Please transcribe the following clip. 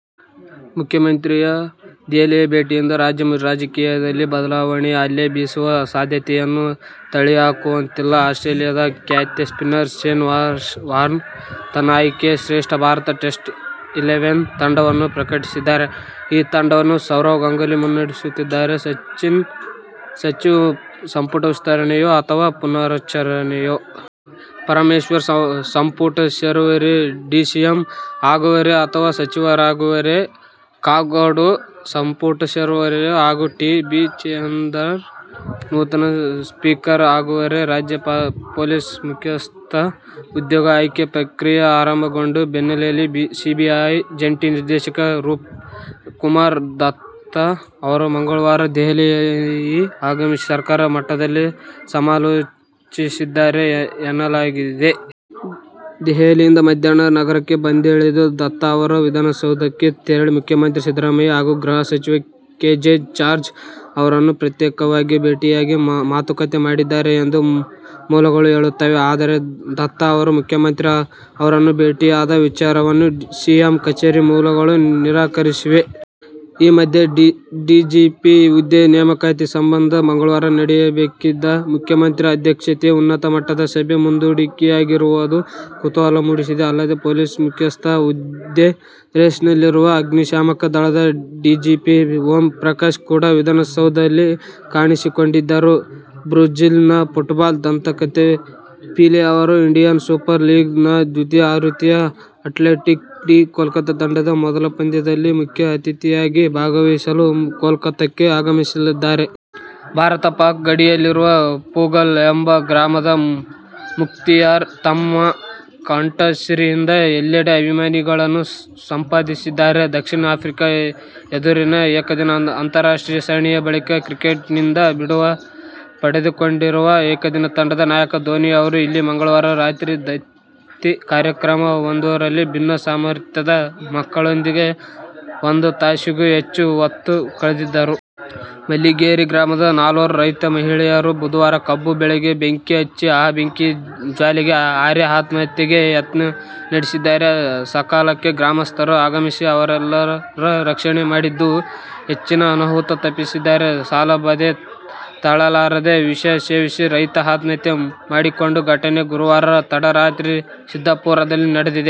ಮುಖ್ಯಮಂತ್ರಿಯ ದೆಹಲಿ ಭೇಟಿಯಿಂದ ರಾಜ್ಯ ರಾಜಕೀಯದಲ್ಲಿ ಬದಲಾವಣೆಯ ಅಲೆ ಬೀಸುವ ಸಾಧ್ಯತೆಯನ್ನು ತಳ್ಳಿಹಾಕುವಂತಿಲ್ಲ. ಆಸ್ಟ್ರೇಲಿಯದ ಖ್ಯಾತ ಸ್ಪಿನ್ನರ್ ಶೇನ್ ವಾರ್ನ್ ತನ್ನ ಆಯ್ಕೆಯ ಶ್ರೇಷ್ಠ ಭಾರತ ಟೆಸ್ಟ್ ಇಲೆವೆನ್ ತಂಡವನ್ನು ಪ್ರಕಟಿಸಿದ್ದಾರೆ. ಈ ತಂಡವನ್ನು ಸೌರವ್ ಗಂಗೂಲಿ ಮುನ್ನಡೆಸಲಿದ್ದಾರೆ. ಸಚಿವ ಸಂಪುಟ ವಿಸ್ತರಣೆಯೋ ಅಥವಾ ಪುನಾರಚನೆಯೋ? ಪರಮೇಶ್ವರ್ ಸಂಪುಟ ಸೇರುವರೇ, ಡಿಸಿಎಂ ಆಗುವರೇ ಅಥವಾ ಸಚಿವರಾಗುವರೇ? ಕಾಗೋಡು ಸಂಪುಟ ಸೇರುವರೇ ಹಾಗೂ ಟಿ. ಬಿ. ಜಯಚಂದ್ರ ನೂತನ ಸ್ಪೀಕರ್ ಆಗುವರೇ? ರಾಜ್ಯ ಪೊಲೀಸ್ ಮುಖ್ಯಸ್ಥ ಹುದ್ದೆಗೆ ಆಯ್ಕೆ ಪ್ರಕ್ರಿಯೆ ಆರಂಭಗೊಂಡ ಬೆನ್ನಲ್ಲೇ ಸಿಬಿಐ ಜಂಟಿ ನಿರ್ದೇಶಕ ರೂಪ್ ಕುಮಾರ್ ದತ್ತಾ ಅವರು ಮಂಗಳವಾರ ದೆಹಲಿಯಿಂದ ಆಗಮಿಸಿ ಸರ್ಕಾರ ಮಟ್ಟದಲ್ಲಿ ಸಮಾಲೋಚಿಸಿದ್ದಾರೆ ಎನ್ನಲಾಗಿದೆ. ದೆಹಲಿಯಿಂದ ಮಧ್ಯಾಹ್ನ ನಗರಕ್ಕೆ ಬಂದಿಳಿದ ದತ್ತಾ ಅವರು, ವಿಧಾನಸೌಧಕ್ಕೆ ತೆರಳಿ ಮುಖ್ಯಮಂತ್ರಿ ಸಿದ್ದರಾಮಯ್ಯ ಹಾಗೂ ಗೃಹ ಸಚಿವ ಕೆ. ಜೆ. ಜಾರ್ಜ್ ಅವರನ್ನು ಪ್ರತ್ಯೇಕವಾಗಿ ಭೇಟಿಯಾಗಿ ಮಾತುಕತೆ ಮಾಡಿದರು ಎಂದು ಮೂಲಗಳು ಹೇಳುತ್ತವೆ. ಆದರೆ, ದತ್ತಾ ಅವರು ಮುಖ್ಯಮಂತ್ರಿ ಅವರನ್ನು ಭೇಟಿಯಾದ ವಿಚಾರವನ್ನು ಸಿಎಂ ಕಚೇರಿ ಮೂಲಗಳು ನಿರಾಕರಿಸಿವೆ. ಈ ಮಧ್ಯೆ ಡಿಜಿಪಿ ಹುದ್ದೆ ನೇಮಕಾತಿ ಸಂಬಂಧ ಮಂಗಳವಾರ ನಡೆಯಬೇಕಿದ್ದ ಮುಖ್ಯಮಂತ್ರಿ ಅಧ್ಯಕ್ಷತೆಯ ಉನ್ನತ ಮಟ್ಟದ ಸಭೆ ಮುಂದೂಡಿಕೆಯಾಗಿರುವುದು ಕುತೂಹಲ ಮೂಡಿಸಿದೆ. ಅಲ್ಲದೆ ಪೊಲೀಸ್ ಮುಖ್ಯಸ್ಥ ಹುದ್ದೆ ರೇಸ್ನಲ್ಲಿರುವ ಅಗ್ನಿಶಾಮಕ ದಳದ ಡಿಜಿಪಿ ಓಂಪ್ರಕಾಶ್ ಕೂಡ ವಿಧಾನಸೌಧಲ್ಲಿ ಕಾಣಿಸಿಕೊಂಡಿದ್ದರು. ಬ್ರಝಿಲ್ನ ಫುಟ್ಬಾಲ್ ದಂತಕತೆ ಪೀಲೆ ಅವರು ಇಂಡಿಯನ್ ಸೂಪರ್ ಲೀಗ್ ನ ದ್ವಿತೀಯ ಆವೃತ್ತಿಯ ಅಟ್ಲೆಟಿಕೊ ಡಿ ಕೋಲ್ಕತಾ ತಂಡದ ಮೊದಲ ಪಂದ್ಯದಲ್ಲಿ ಮಖ್ಯ ಅತಿಥಿಯಾಗಿ ಭಾಗವಹಿಸಲು ಕೋಲ್ಕತಾಕ್ಕೆ ಆಗಮಿಸಲಿದ್ದಾರೆ. ಭಾರತ-ಪಾಕ್ ಗಡಿಯಲ್ಲಿರುವ ಪೂಗಲ್ ಎಂಬ ಗ್ರಾಮದ ಮುಖ್ತಿಯಾರ್, ತಮ್ಮ ಕಂಠಸಿರಿಯಿಂದ ಎಲ್ಲೆಡೆ ಅಭಿಮಾನಿಗಳನ್ನು ಸಂಪಾದಿಸಿದ್ದಾರೆ. ದಕ್ಷಿಣ ಆಫ್ರಿಕಾ ಎದುರಿನ ಏಕದಿನ ಅಂತಾರಾಷ್ಟ್ರೀಯ ಸರಣಿಯ ಬಳಿಕ ಕ್ರಿಕೆಟ್ನಿಂದ ಬಿಡುವು ಪಡೆದುಕೊಂಡಿರುವ ಏಕದಿನ ತಂಡದ ನಾಯಕ ಧೋನಿ ಅವರು ಇಲ್ಲಿ ಮಂಗಳವಾರ ರಾತ್ರಿ ದತ್ತಿ ಕಾರ್ಯಕ್ರಮ ವೊಂದರಲ್ಲಿ ಭಿನ್ನ ಸಾಮರ್ಥ್ಯದ ಮಕ್ಕಳೊಂದಿಗೆ ಒಂದು ತಾಸಿಗೂ ಹೆಚ್ಚು ಹೊತ್ತು ಕಳೆದರು. ಮಲ್ಲಿಗೆರೆ ಗ್ರಾಮದ ನಾಲ್ವರು ರೈತ ಮಹಿಳೆಯರು ಬುಧವಾರ ಕಬ್ಬು ಬೆಳೆಗೆ ಬೆಂಕಿ ಹಚ್ಚಿ, ಆ ಬೆಂಕಿಯ ಜ್ವಾಲೆಗೆ ಹಾರಿ ಆತ್ಮಹತ್ಯೆಗೆ ಯತ್ನ ನಡೆಸಿದ್ದಾರೆ. ಸಕಾಲಕ್ಕೆ ಗ್ರಾಮಸ್ಥರು ಆಗಮಿಸಿ ಅವರೆಲ್ಲರ ರಕ್ಷಣೆ ಮಾಡಿದ್ದು, ಹೆಚ್ಚಿನ ಅನಾಹುತ ತಪ್ಪಿಸಿದ್ದಾರೆ. ಸಾಲಬಾಧೆ ತಾಳಲಾರದೆ ವಿಷ ಸೇವಿಸಿ ರೈತ ಆತ್ಮಹತ್ಯೆ ಮಾಡಿಕೊಂಡ ಘಟನೆ ಗುರುವಾರ ತಡರಾತ್ರಿ ಸಿದ್ದಾಪುರದಲ್ಲಿ ನಡೆದಿದೆ.